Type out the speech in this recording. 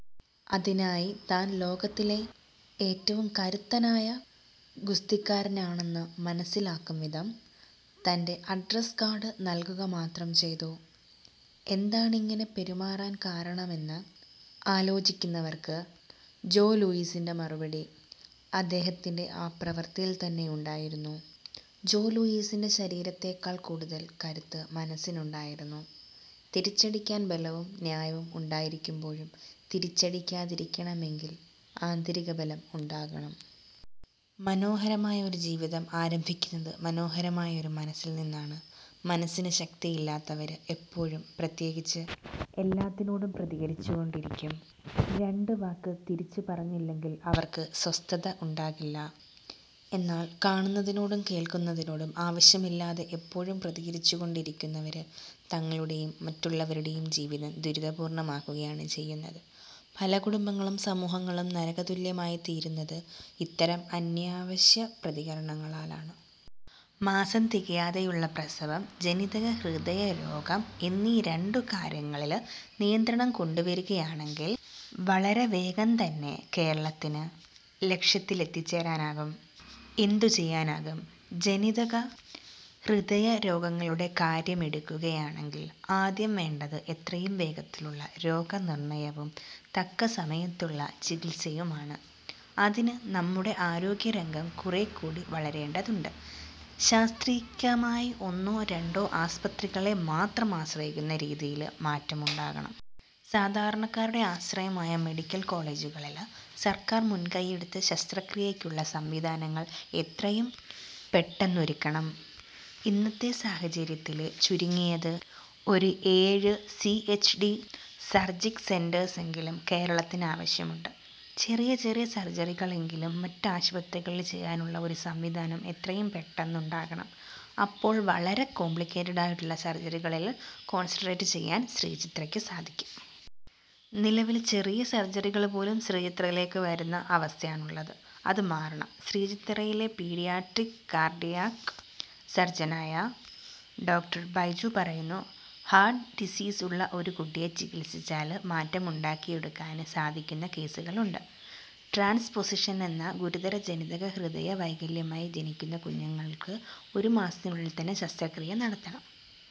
അതിനായി താന് ലോകത്തിലെ ഏറ്റവും കരുത്തനായ ഗുസ്തിക്കാരനാണെന്ന് മനസിലാകുംവിധം തന്റെ അഡ്രസ് കാര്ഡ് നല്കുകമാത്രം ചെയ്തു. എന്താണിങ്ങനെ പെരുമാറാന് കാരണമെന്ന് ആലോചിക്കുന്നവര്ക്ക് ജോ ലൂയിസിന്റെ മറുപടി അദ്ദേഹത്തിന്റെ ആ പ്രവര്ത്തിയില് ത്തന്നെയുണ്ടായിരുന്നു. ജോ ലൂയിസിന്റെ ശരീരത്തെക്കാള് കൂടുതല് കരുത്ത് മനസ്സിനുണ്ടായിരുന്നു. തിരിച്ചടിക്കാന് ബലവും ന്യായവും ഉണ്ടായിരിക്കുമ്പോഴും തിരിച്ചടിക്കാതിരിക്കണമെങ്കില് ആന്തരികബലം ഉണ്ടാകണം. മനോഹരമായ ഒരു ജീവിതം ആരംഭിക്കുന്നത് മനോഹരമായ ഒരു മനസ്സില്നിന്നാണ്. മനസ്സിന് ശക്തിയില്ലാത്തവര് എപ്പോഴും, പ്രത്യേകിച്ച് എല്ലാത്തിനോടും പ്രതികരിച്ചുകൊണ്ടിരിക്കും. രണ്ട് വാക്ക് തിരിച്ചു പറഞ്ഞില്ലെങ്കില് അവര്ക്ക് സ്വസ്ഥതയുണ്ടാവില്ല. എന്നാല് കാണുന്നതിനോടും കേള്ക്കുന്നതിനോടും ആവശ്യമില്ലാതെ എപ്പോഴും പ്രതികരിച്ചുകൊണ്ടിരിക്കുന്നവര് തങ്ങളുടെയും മറ്റുള്ളവരുടെയും ജീവിതം ദുരിതപൂര്ണമാക്കുകയാണ് ചെയ്യുന്നത്. പല കുടുംബങ്ങളും സമൂഹങ്ങളും നരകതുല്യമായിത്തീരുന്നത് ഇത്തരം അനാവശ്യ പ്രതികരണങ്ങളാലുമാണ്. മാസം തികയാതെയുള്ള പ്രസവം, ജനിതക ഹൃദയരോഗം എന്നീ രണ്ടുകാര്യങ്ങളില് നിയന്ത്രണം കൊണ്ടുവരികയാണെങ്കില് വളരെ വേഗം തന്നെ കേരളത്തിന് ലക്ഷ്യത്തിലെത്തിച്ചേരാനാകും. എന്ത് ചെയ്യാനാകും. ജനിതകഹൃദയ രോഗങ്ങളുടെ കാര്യമെടുക്കുകയാണെങ്കില് ആദ്യം വേണ്ടത് എത്രയും വേഗത്തിലുള്ള രോഗനിര്ണയവും തക്കസമയത്തുള്ള ചികിത്സയുമാണ്. അതിന് നമ്മുടെ ആരോഗ്യരംഗം കുറേക്കൂടി വളരേണ്ടതുണ്ട്. ശസ്ത്രക്രിയക്കായി ഒന്നോ രണ്ടോ ആസ്പത്രികളെ മാത്രം ആശ്രയിക്കുന്ന രീതിയില് മാറ്റം ഉണ്ടാകണം. സാധാരണക്കാരുടെ ആശ്രയമായ മെഡിക്കല് കോളേജുകളില് സര്ക്കാര് മുന്കൈയെടുത്ത് ശസ്ത്രക്രിയക്കുള്ള സംവിധാനങ്ങള് എത്രയും പെട്ടന്ന് ഒരുക്കണം. ഇന്നത്തെ സാഹചര്യത്തില് ചുരുങ്ങിയത് ഒരു ഏഴ് സിഎച്ച്ഡി സര്ജിക് സെന്റേഴ്സ് എങ്കിലും കേരളത്തിന് ആവശ്യമുണ്ട്. ' ചെറിയ ചെറിയ സര്ജറികള് എങ്കിലും മറ്റു ആസ്പത്രികളില് ചെയ്യാനുള്ള ഒരു സംവിധാനം എത്രയും പെട്ടന്ന് ഉണ്ടാകണം, അപ്പോള് വളരെ കോംപ്ലിക്കേറ്റഡ് ആയിട്ടുള്ള സര്ജറികളില് കോണ്സന്ട്രേറ്റ് ചെയ്യാന് ശ്രീചിത്രക്ക് സാധിക്കും. നിലവില് ചെറിയ സര്ജറികള് പോലും ശ്രീചിത്രയിലേക്ക് വരുന്ന അവസ്ഥയാണുള്ളത്. അത് മാറണം. ' ശ്രീചിത്രയിലെ പീഡിയാട്രിക് കാര്ഡിയാക് സര്ജനായ ഡോ. ബൈജു പറയുന്നു. ' ഹാര്ട്ട് ഡിസീസ് ഉള്ള ഒരു കുട്ടിയെ ചികിത്സിച്ചാല് മാറ്റം ഉണ്ടാക്കിയെടുക്കാന് സാധിക്കുന്ന കേസുകളുണ്ട്. ട്രാന്സ്പൊസിഷന് എന്ന ഗുരുതര ജനിതക ഹൃദയ വൈകല്യവുമായി ജനിക്കുന്ന കുഞ്ഞുങ്ങള്ക്ക് ഒരുമാസത്തിനുള്ളില് തന്നെ ശസ്ത്രക്രിയ നടത്തണം.